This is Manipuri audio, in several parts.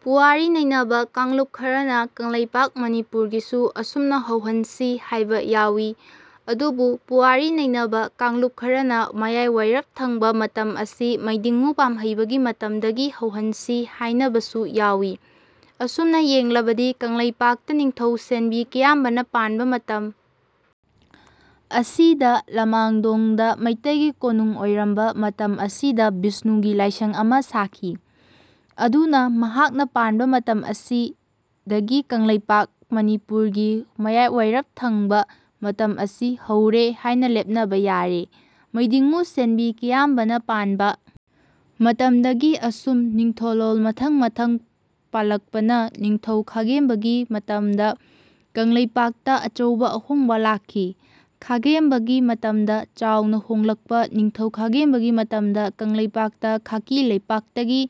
ꯄꯨꯋꯥꯔꯤ ꯅꯩꯅꯕ ꯀꯥꯡꯂꯨꯞ ꯈꯔꯅ ꯀꯪꯂꯩꯄꯥꯛ ꯃꯅꯤꯄꯨꯔꯒꯤꯁꯨ ꯑꯁꯨꯝꯅ ꯍꯧꯍꯟꯁꯤ ꯍꯥꯢꯕ ꯌꯥꯎꯏ꯫ ꯑꯗꯨꯕꯨ ꯄꯨꯋꯥꯔꯤ ꯅꯩꯅꯕ ꯀꯥꯡꯂꯨꯞ ꯈꯔꯅ ꯃꯌꯥꯢꯋꯥꯢꯔꯞ ꯊꯪꯕ ꯃꯇꯝ ꯑꯁꯤ ꯃꯩꯗꯤꯡꯉꯨ ꯄꯥꯝꯍꯩꯕꯒꯤ ꯃꯇꯝꯗꯒꯤ ꯍꯧꯍꯟꯁꯤ ꯍꯥꯢꯅꯕꯁꯨ ꯌꯥꯎꯏ꯫ ꯑꯁꯨꯝꯅ ꯌꯦꯡꯂꯕꯗꯤ ꯀꯪꯂꯩꯄꯥꯛꯇ ꯅꯤꯡꯊꯧ ꯁꯦꯟꯕꯤ ꯀꯤꯌꯥꯝꯕꯅ ꯄꯥꯟꯕ ꯃꯇꯝ ꯑꯁꯤꯗ ꯂꯃꯥꯡꯗꯣꯡ ꯗ ꯃꯩꯇꯩ ꯒꯤ ꯀꯣꯅꯨꯡ ꯑꯣꯢꯔꯝꯕ ꯃꯇꯝ ꯑꯁꯤꯗ ꯚꯤꯁꯅꯨꯒꯤ ꯂꯥꯢꯁꯪ ꯑꯃ ꯁꯥꯈꯤ꯫ ꯑꯗꯨꯅ ꯃꯍꯥꯛꯅ ꯄꯥꯟꯕ ꯃꯇꯝ ꯑꯁꯤ ꯗꯒꯤ ꯀꯪꯂꯩꯄꯥꯛ ꯃꯅꯤꯄꯨꯔꯒꯤ ꯃꯌꯥꯢꯋꯥꯢꯔꯞ ꯊꯪꯕ ꯃꯇꯝ ꯑꯁꯤ ꯍꯧꯔꯦ ꯍꯥꯢꯅ ꯂꯦꯞꯅꯕ ꯌꯥꯔꯦ꯫ ꯃꯩꯗꯤꯡꯉꯨ ꯁꯦꯟꯕꯤ ꯀꯤꯌꯥꯝꯕꯅ ꯄꯥꯟꯕ ꯃꯇꯝꯗꯒꯤ ꯑꯁꯨꯝ ꯅꯤꯡꯊꯣꯂꯣꯜ ꯃꯊꯪ ꯃꯊꯪ ꯄꯥꯜꯂꯛꯄꯅ ꯅꯤꯡꯊꯧ ꯈꯥꯒꯦꯝꯕꯒꯤ ꯃꯇꯝꯗ ꯀꯪꯂꯩꯄꯥꯛ ꯇ ꯑꯆꯧꯕ ꯑꯍꯣꯡꯕ ꯂꯥꯛꯈꯤ꯫ ꯈꯥꯒꯦꯝꯕ ꯒꯤ ꯃꯇꯝꯗ ꯆꯥꯎꯅ ꯍꯣꯡꯂꯛꯄ ꯅꯤꯡꯊꯧ ꯈꯥꯒꯦꯝꯕꯒꯤ ꯃꯇꯝꯗ ꯀꯪꯂꯩꯄꯥꯛ ꯇ ꯈꯥꯀꯤ ꯂꯩꯄꯥꯛ ꯇꯒꯤ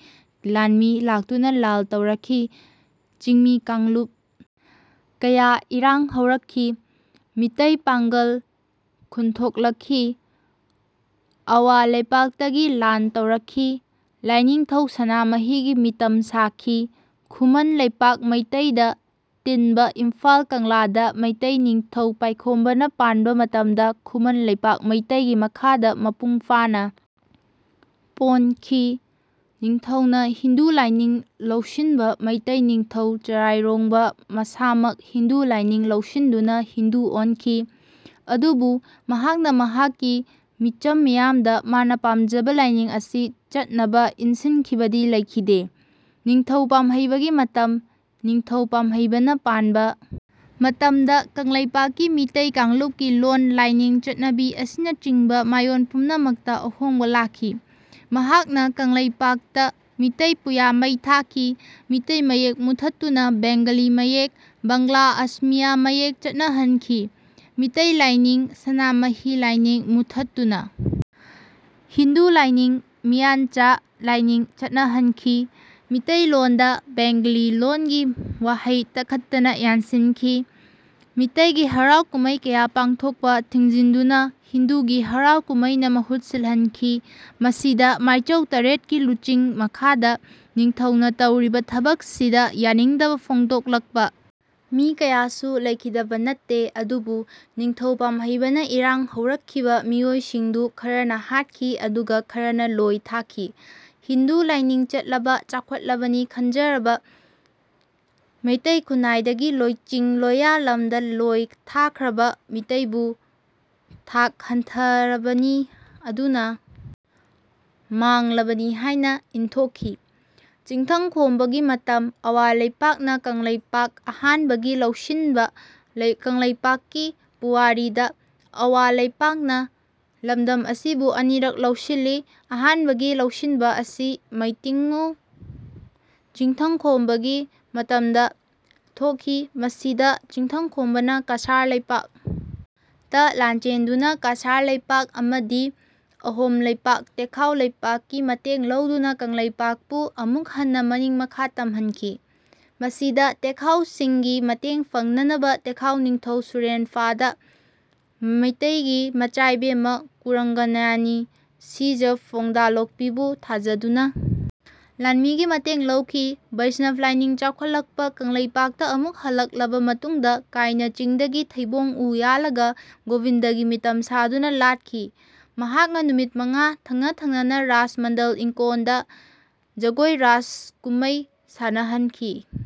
ꯂꯥꯟꯃꯤ ꯂꯥꯛꯇꯨꯅ ꯂꯥꯜ ꯇꯧꯔꯛꯈꯤ꯫ ꯆꯤꯡꯃꯤ ꯀꯥꯡꯂꯨꯞ ꯀꯌꯥ ꯏꯔꯥꯡ ꯍꯧꯔꯛꯈꯤ꯫ ꯃꯤꯇꯩ ꯄꯥꯡꯒꯜ ꯈꯨꯟꯊꯣꯛꯂꯛꯈꯤ꯫ ꯑꯋꯥ ꯂꯩꯄꯥꯛ ꯇꯒꯤ ꯂꯥꯟ ꯇꯧꯔꯛꯈꯤ꯫ ꯂꯥꯢꯅꯤꯡꯊꯧ ꯁꯅꯥꯃꯍꯤꯒꯤ ꯃꯤꯇꯝ ꯁꯥꯈꯤ꯫ ꯈꯨꯃꯟ ꯂꯩꯄꯥꯛ ꯃꯩꯇꯩ ꯗ ꯇꯤꯟꯕ ꯏꯝꯐꯥꯜ ꯀꯪꯂꯥꯗ ꯃꯩꯇꯩ ꯅꯤꯡꯊꯧ ꯄꯥꯢꯈꯣꯝꯕꯅ ꯄꯥꯟꯕ ꯃꯇꯝꯗ ꯈꯨꯃꯟ ꯂꯩꯄꯥꯛ ꯃꯩꯇꯩꯒꯤ ꯃꯈꯥꯗ ꯃꯄꯨꯡ ꯐꯥꯅ ꯄꯣꯟꯈꯤ꯫ ꯅꯤꯡꯊꯧ ꯅ ꯍꯤꯟꯗꯨ ꯂꯥꯢꯅꯤꯡ ꯂꯧꯁꯤꯟꯕ ꯃꯩꯇꯩ ꯅꯤꯡꯊꯧ ꯆꯔꯥꯢꯔꯣꯡꯕ ꯃꯁꯥꯃꯛ ꯍꯤꯟꯗꯨ ꯂꯥꯢꯅꯤꯡ ꯂꯧꯁꯤꯟꯗꯨꯅ ꯍꯤꯟꯗꯨ ꯑꯣꯟꯈꯤ꯫ ꯑꯗꯨꯕꯨ ꯃꯍꯥꯛꯅ ꯃꯍꯥꯛꯀꯤ ꯃꯤꯆꯝ ꯃꯤꯌꯥꯝꯗ ꯃꯥꯅ ꯄꯥꯝꯖꯕ ꯂꯥꯢꯅꯤꯡ ꯑꯁꯤ ꯆꯠꯅꯕ ꯏꯟꯁꯤꯟꯈꯤꯕꯗꯤ ꯂꯩꯈꯤꯗꯦ꯫ ꯅꯤꯡꯊꯧ ꯄꯥꯝꯍꯩꯕꯒꯤ ꯃꯇꯝ ꯅꯤꯡꯊꯧ ꯄꯥꯝꯍꯩꯕꯅ ꯄꯥꯟꯕ ꯃꯇꯝꯗ ꯀꯪꯂꯩꯄꯥꯛ ꯀꯤ ꯃꯤꯇꯩ ꯀꯥꯡꯂꯨꯞꯀꯤ ꯂꯣꯟ, ꯂꯥꯢꯅꯤꯡ, ꯆꯠꯅꯕꯤ ꯑꯁꯤꯅꯆꯤꯡꯕ ꯃꯥꯢꯑꯣꯟ ꯄꯨꯝꯅꯃꯛꯇ ꯑꯍꯣꯡꯕ ꯂꯥꯛꯈꯤ꯫ ꯃꯍꯥꯛꯅ ꯀꯪꯂꯩꯄꯥꯛ ꯇ ꯃꯤꯇꯩ ꯄꯨꯌꯥ ꯃꯩ ꯊꯥꯈꯤ꯫ ꯃꯤꯇꯩ ꯃꯌꯦꯛ ꯃꯨꯊꯠꯇꯨꯅ ꯕꯦꯡꯒꯂꯤ ꯃꯌꯦꯛ (ꯕꯥꯡꯂꯥ-ꯑꯁꯃꯤꯌꯥ ꯃꯌꯦꯛ) ꯆꯠꯅꯍꯟꯈꯤ꯫ ꯃꯤꯇꯩ ꯂꯥꯢꯅꯤꯡ (ꯁꯅꯥꯃꯍꯤ ꯂꯥꯏꯅꯤꯡ) ꯃꯨꯊꯠꯇꯨꯅ ꯍꯤꯟꯗꯨ ꯂꯥꯢꯅꯤꯡ (ꯃꯤꯌꯥꯟꯆꯥ ꯂꯥꯢꯅꯤꯡ) ꯆꯠꯅꯍꯟꯈꯤ꯫ ꯃꯤꯇꯩ ꯂꯣꯟꯗ ꯕꯦꯡꯒꯂꯤ ꯂꯣꯟꯒꯤ ꯋꯥꯍꯩ ꯇꯈꯠꯇꯅ ꯌꯥꯟꯁꯤꯟꯈꯤ꯫ ꯃꯤꯇꯩꯒꯤ ꯍꯔꯥꯎ ꯀꯨꯝꯃꯩ ꯀꯌꯥ ꯄꯥꯡꯊꯣꯛꯄ ꯊꯤꯡꯖꯤꯟꯗꯨꯅ ꯍꯤꯟꯗꯨꯒꯤ ꯍꯔꯥꯎ ꯀꯨꯝꯃꯩꯅ ꯃꯍꯨꯠ ꯁꯤꯜꯍꯟꯈꯤ꯫ ꯃꯁꯤꯗ ꯃꯥꯢꯆꯧ ꯇꯔꯦꯠꯀꯤ ꯂꯨꯆꯤꯡ ꯃꯈꯥꯗ ꯅꯤꯡꯊꯧꯅ ꯇꯧꯔꯤꯕ ꯊꯕꯛꯁꯤꯗ ꯌꯥꯅꯤꯡꯗꯕ ꯐꯣꯡꯗꯣꯛꯂꯛꯄ ꯃꯤ ꯀꯌꯥꯁꯨ ꯂꯩꯈꯤꯗꯕ ꯅꯠꯇꯦ꯫ ꯑꯗꯨꯕꯨ ꯅꯤꯡꯊꯧ ꯄꯥꯝꯍꯩꯕꯅ ꯏꯔꯥꯡ ꯍꯧꯔꯛꯈꯤꯕ ꯃꯤꯑꯣꯢꯁꯤꯡꯗꯨ ꯈꯔꯅ ꯍꯥꯠꯈꯤ ꯑꯗꯨꯒ ꯈꯔꯅ ꯂꯣꯢ ꯊꯥꯈꯤ꯫ ꯍꯤꯟꯗꯨ ꯂꯥꯢꯅꯤꯡ ꯆꯠꯂꯕ (ꯆꯥꯎꯈꯠꯂꯕꯅꯤ ꯈꯟꯖꯔꯕ) ꯃꯩꯇꯩ ꯈꯨꯟꯅꯥꯢ ꯗꯒꯤ ꯂꯣꯢꯆꯤꯡ ꯂꯣꯌꯥ ꯂꯝꯗ ꯂꯣꯢ ꯊꯥꯈ꯭ꯔꯕ ꯃꯤꯇꯩꯕꯨ ꯊꯥꯛ ꯍꯟꯊꯔꯕꯅꯤ ꯑꯗꯨꯅ ꯃꯥꯡꯂꯕꯅꯤ ꯍꯥꯢꯅ ꯏꯟꯊꯣꯛꯈꯤ꯫ ꯆꯤꯡꯊꯪ ꯈꯣꯝꯕꯒꯤ ꯃꯇꯝ ꯑꯋꯥ ꯂꯩꯄꯥꯛꯅ ꯀꯪꯂꯩꯄꯥꯛ ꯑꯍꯥꯟꯕꯒꯤ ꯂꯧꯁꯤꯟꯕ ꯀꯪꯂꯩꯄꯥꯛꯀꯤ ꯄꯨꯋꯥꯔꯤꯗ ꯑꯋꯥ ꯂꯩꯄꯥꯛ ꯅ ꯂꯝꯗꯝ ꯑꯁꯤꯕꯨ ꯑꯅꯤꯔꯛ ꯂꯧꯁꯤꯜꯂꯤ꯫ ꯑꯍꯥꯟꯕꯒꯤ ꯂꯧꯁꯤꯟꯕ ꯑꯁꯤ ꯃꯩꯇꯤꯡꯉꯨ ꯆꯤꯡꯊꯪ ꯈꯣꯝꯕꯒꯤ ꯃꯇꯝꯗ ꯊꯣꯛꯈꯤ꯫ ꯃꯁꯤꯗ ꯆꯤꯡꯊꯪ ꯈꯣꯝꯕꯅ ꯀꯁꯥꯔ ꯂꯩꯄꯥꯛ ꯇ ꯂꯥꯟꯆꯦꯟꯗꯨꯅ ꯀꯁꯥꯔ ꯂꯩꯄꯥꯛ ꯑꯃꯗꯤ ꯑꯍꯣꯝ ꯂꯩꯄꯥꯛ (ꯇꯦꯈꯥꯎ ꯂꯩꯄꯥꯛ) ꯀꯤ ꯃꯇꯦꯡ ꯂꯧꯗꯨꯅ ꯀꯪꯂꯩꯄꯥꯛꯄꯨ ꯑꯃꯨꯛ ꯍꯟꯅ ꯃꯅꯤꯡ ꯃꯈꯥ ꯇꯝꯍꯟꯈꯤ꯫ ꯃꯁꯤꯗ ꯇꯦꯈꯥꯎ ꯁꯤꯡꯒꯤ ꯃꯇꯦꯡ ꯐꯪꯅꯅꯕ ꯇꯦꯈꯥꯎ ꯅꯤꯡꯊꯧ ꯁꯨꯔꯦꯝꯐꯥꯗ ꯃꯤꯇꯩꯒꯤ ꯃꯆꯥꯏꯕꯦꯝꯃ ꯀꯨꯔꯪꯒꯅꯌꯅꯤ (ꯁꯤꯖ ꯐꯣꯡꯗꯥꯂꯣꯛꯄꯤ) ꯕꯨ ꯊꯥꯖꯗꯨꯅ ꯂꯥꯟꯃꯤꯒꯤ ꯃꯇꯦꯡ ꯂꯧꯈꯤ꯫ ꯚꯩꯁꯅꯕ ꯂꯥꯢꯅꯤꯡ ꯆꯥꯎꯈꯠꯂꯛꯄ ꯀꯪꯂꯩꯄꯥꯛꯇ ꯑꯃꯨꯛ ꯍꯜꯂꯛꯂꯕ ꯃꯇꯨꯡꯗ ꯀꯥꯢꯅ ꯆꯤꯡꯗꯒꯤ ꯊꯩꯕꯣꯡ ꯎ ꯌꯥꯜꯂꯒ ꯒꯣꯕꯤꯟꯗꯒꯤ ꯃꯤꯇꯝ ꯁꯥꯗꯨꯅ ꯂꯥꯠꯈꯤ꯫ ꯃꯍꯥꯛꯅ ꯅꯨꯃꯤꯠ ꯃꯉꯥ ꯊꯪꯅ ꯊꯪꯅꯅ ꯔꯥꯁ ꯃꯟꯗꯜ ꯏꯀꯣꯟꯗ ꯖꯒꯣꯢ ꯔꯥꯁ ꯀꯨꯝꯃꯩ ꯁꯥꯅꯍꯟꯈꯤ꯫